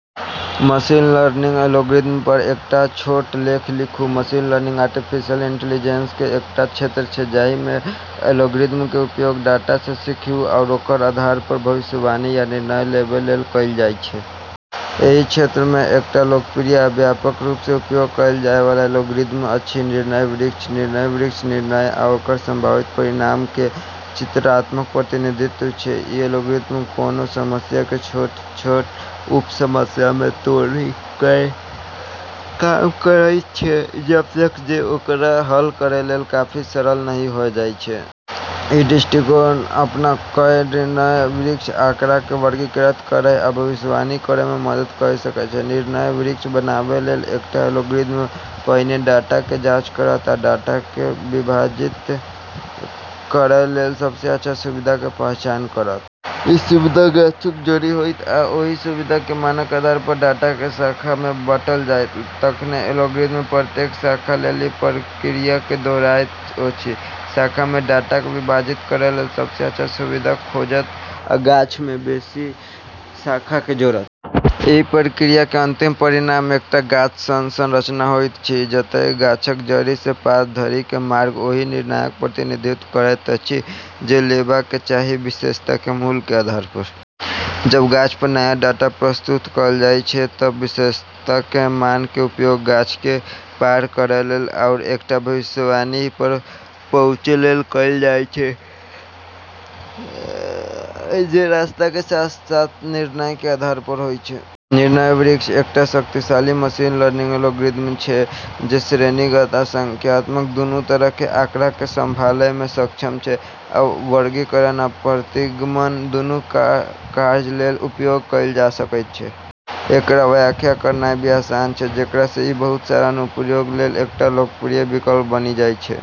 Machine learning algorithm पर एकटा छोट लेख लिखू। मशीन लर्निंग आर्टिफिशियल इंटेलिजेंस के एकटा क्षेत्र छै, जाहि मे एल्गोरिदम के उपयोग डाटा सँ सीखय आरू ओकरा आधार पर भविष्यवाणी या निर्णय लेबय लेल कयल जाय छै। एहि क्षेत्र मे एकटा लोकप्रिय आ व्यापक रूप सँ उपयोग कयल जाय वाला एल्गोरिदम अछि निर्णय वृक्ष। निर्णय वृक्ष निर्णय आ ओकर संभावित परिणामक के चित्रात्मक प्रतिनिधित्व छै। ई एल्गोरिदम कोनों समस्या के छोट-छोट उप-समस्या मे तोड़ि कय काम करैत छै जबतक जे ओकरा हल करै लेल काफी सरल नहि होय जाय छै। इ दृष्टिकोण अपना कय निर्णय वृक्ष आंकड़ा के वर्गीकृत करय आ भविष्यवाणी करय मे मदद कय सकैत छै। निर्णय वृक्ष बनाबय लेल एकटा एल्गोरिदम पहिने डाटा के जाँच करत आ डाटा के विभाजित करय लेल सबसे अच्छा सुविधा के पहचान करत। ई सुविधा गाछक जड़ि होयत, आ ओहि सुविधा के मानक आधार पर डाटा के शाखा मे बाँटल जायत। तखन एल्गोरिदम प्रत्येक शाखा लेल इ प्रक्रिया के दोहरायत, ओहि शाखा मे डाटा के विभाजित करय लेल सबसे अच्छा सुविधा खोजत आ गाछ मे बेसी शाखा के जोड़त। एहि प्रक्रिया के अंतिम परिणाम एकटा गाछ सन संरचना होइत अछि, जतय गाछक जड़ि सँ पात धरि के मार्ग ओहि निर्णयक प्रतिनिधित्व करैत अछि जे लेबाक चाही, विशेषता के मूल्य के आधार पर। जब गाछ पर नया डाटा प्रस्तुत कयल जाय छै त विशेषता के मान के उपयोग गाछ के पार करै लेल आरू एकटा भविष्यवाणी पर पहुँचय लेल कयल जाय छै, जे रास्ता के साथ-साथ निर्णय के आधार पर होय छै। निर्णय वृक्ष एकटा शक्तिशाली मशीन लर्निंग एल्गोरिदम छै, जे श्रेणीगत आ संख्यात्मक दुनू तरह के आंकड़ा के संभालय मे सक्षम छै, आ वर्गीकरण आ प्रतिगमन दुनू कार्य लेल उपयोग कयल जा सकैत छै। एकरा व्याख्या करनाय भी आसान छै, जेकरा सँ ई बहुत सारा अनुप्रयोग लेल एकटा लोकप्रिय विकल्प बनि जाय छै।